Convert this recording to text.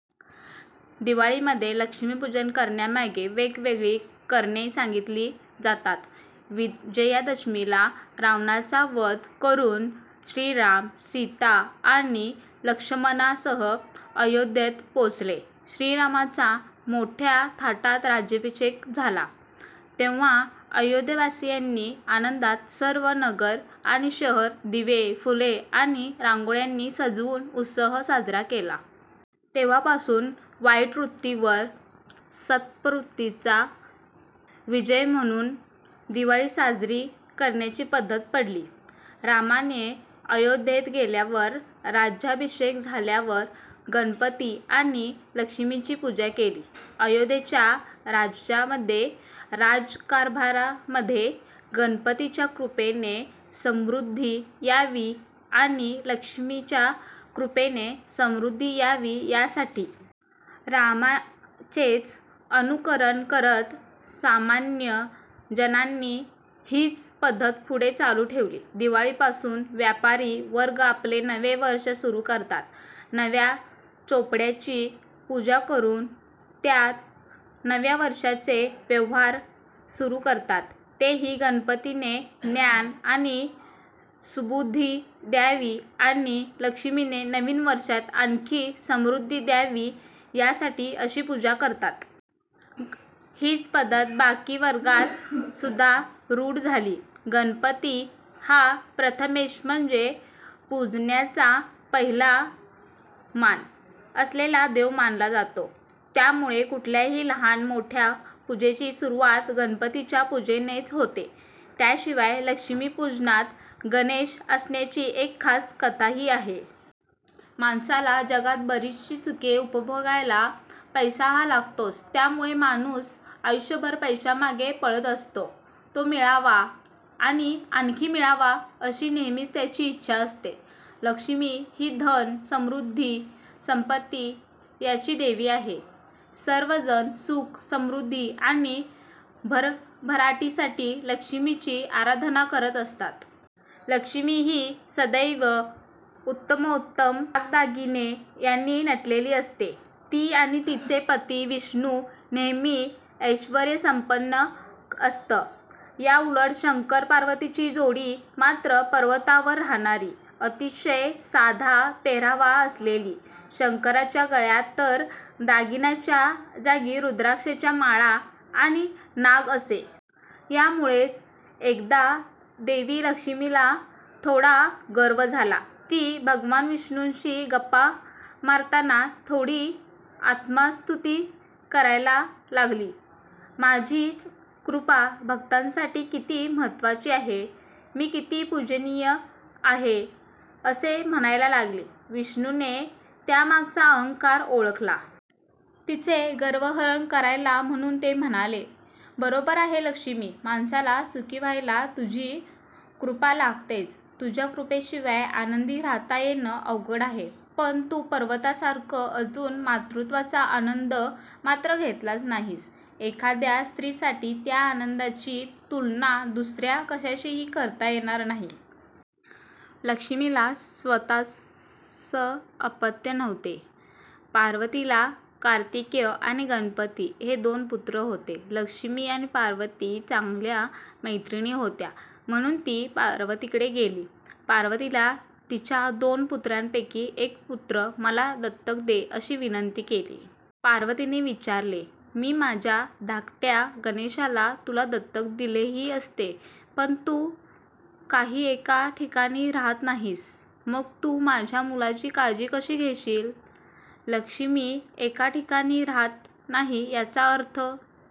दिवाळीमध्ये लक्ष्मी पूजन करण्यामागे वेगवेगळी करणे सांगितली जातात. विजयादशमीला रावणाचा वध करून श्रीराम, सीता आणि लक्ष्मणासह अयोध्येत पोहोचले. श्रीरामाचा मोठ्या थाटात राज्याभिषेक झाला. तेव्हा अयोध्यावासियांनी आनंदात सर्व नगर आणि शहर दिवे, फुले आणि रांगोळ्यांनी सजवुन उत्सव साजरा केला. तेव्हापासून वाईट वृत्तीवर सत्प्रवृत्तीचा विजय म्हणुन दिवाळी साजरी करण्याची पद्धत पडली. रामाने अयोध्येत गेल्यावर, राज्याभिषेक झाल्यावर गणपती आणि लक्ष्मीची पूजा केली. अयोध्येच्या राज्यामध्ये, राज्यकारभारामध्ये गणपतीच्या कृपेने सुबुद्धी यावी आणि लक्ष्मीच्या कृपेने समृद्धी यावी यासाठी. रामाचेच अनुकरण करत सामान्य जणांनी हीच पद्धत पुढे चालु ठेवली. दिवाळी पासुन व्यापारी वर्ग आपले नवे वर्ष सुरु करतात. नव्या चोपड्यांची पूजा करून त्यात नव्या वर्षाचे व्यवहार सुरु करतात. तेही गणपतीने ज्ञान आणि सुबुद्धी द्यावी आणि लक्ष्मीने नवीन वर्षात आणखी समृद्धी द्यावी यासाठी अशी पूजा करतात. हीच पद्धत बाकी वर्गात सुद्धा रूढ झाली. गणपती हा प्रथमेश म्हणजे पुजण्याचा पहिला मान असलेला देव मानला जातो. त्यामुळे कुठल्याही लहान मोठ्या पूजेची सुरुवात गणपतीच्या पुजेनेच होते. त्याशिवाय लक्ष्मीपूजनात गणेश असण्याची एक खास कथा हि आहे. माणसाला जगात बरीचशी सुखे उपभोगायला पैसा हा लागतोच. त्यामुळे माणुस आयुष्यभर पैशामागे पळत असतो, तो मिळावा आणि आणखी मिळावा अशी नेहमीच त्याची इच्छा असते. लक्ष्मी हि धन, समृद्धी, संपत्ती याची देवी आहे. सर्व जण सुख समृद्धी आणि भरभराटीसाठी लक्ष्मीची आराधना करत असतात. लक्ष्मी ही सदैव उत्तमोत्तम दागदागिने यांनी नटलेली असते. ती आणि तिचे पती विष्णु नेहमी ऐश्वर्य संपन्न असत. याउलट शंकर पार्वतीची जोडी मात्र पर्वतावर राहणारी, अतिशय साधा पेहराव असलेली. शंकराच्या गळ्यात तर दागिन्यांच्या जागी रुद्राक्षाच्या माळा आणि नाग असे. यामुळेच एकदा देवी लक्ष्मीला थोडा गर्व झाला. ती भगवान विष्णूशी गप्पा मारताना थोडी आत्मस्तुती करायला लागली. माझीच कृपा भक्तांसाठी किती महत्वाची आहे, मी किती पूजनीय आहे असे म्हणायला लागली. विष्णुने त्यामागचा अहंकार ओळखला. तिचे गर्वहरण करायला म्हणुन ते म्हणाले बरोबर आहे लक्ष्मी, माणसाला सुखी व्हायला तुझी कृपा लागतेच. तुझ्या कृपेशिवाय आनंदी राहता येणं अवघड आहे. पण तु पार्वतीसारखं अजुन मातृत्वाचा आनंद मात्र घेतलाच नाहीस. एखाद्या स्त्रीसाठी त्या आनंदाची तुलना दुसऱ्या कशाशी करता येणार नाही. लक्ष्मीला स्वतःस अपत्य नव्हते. पार्वतीला कार्तिकेय आणि गणपती हे दोन पुत्र होते. लक्ष्मी आणि पार्वती चांगल्या मैत्रिणी होत्या. म्हणुन ती पार्वतीकडे गेली. पार्वतीला तिच्या दोन पुत्रांपैकी एक पुत्र मला दत्तक दे अशी विनंती केली. पार्वतीने विचारले मी माझ्या धाकट्या गणेशाला तुला दत्तक दिलेही असते. पण तू काही एका ठिकाणी राहत नाहीस. मग तू माझ्या मुलाची काळजी कशी घेशील? लक्ष्मी एका ठिकाणी राहत नाही याचा अर्थ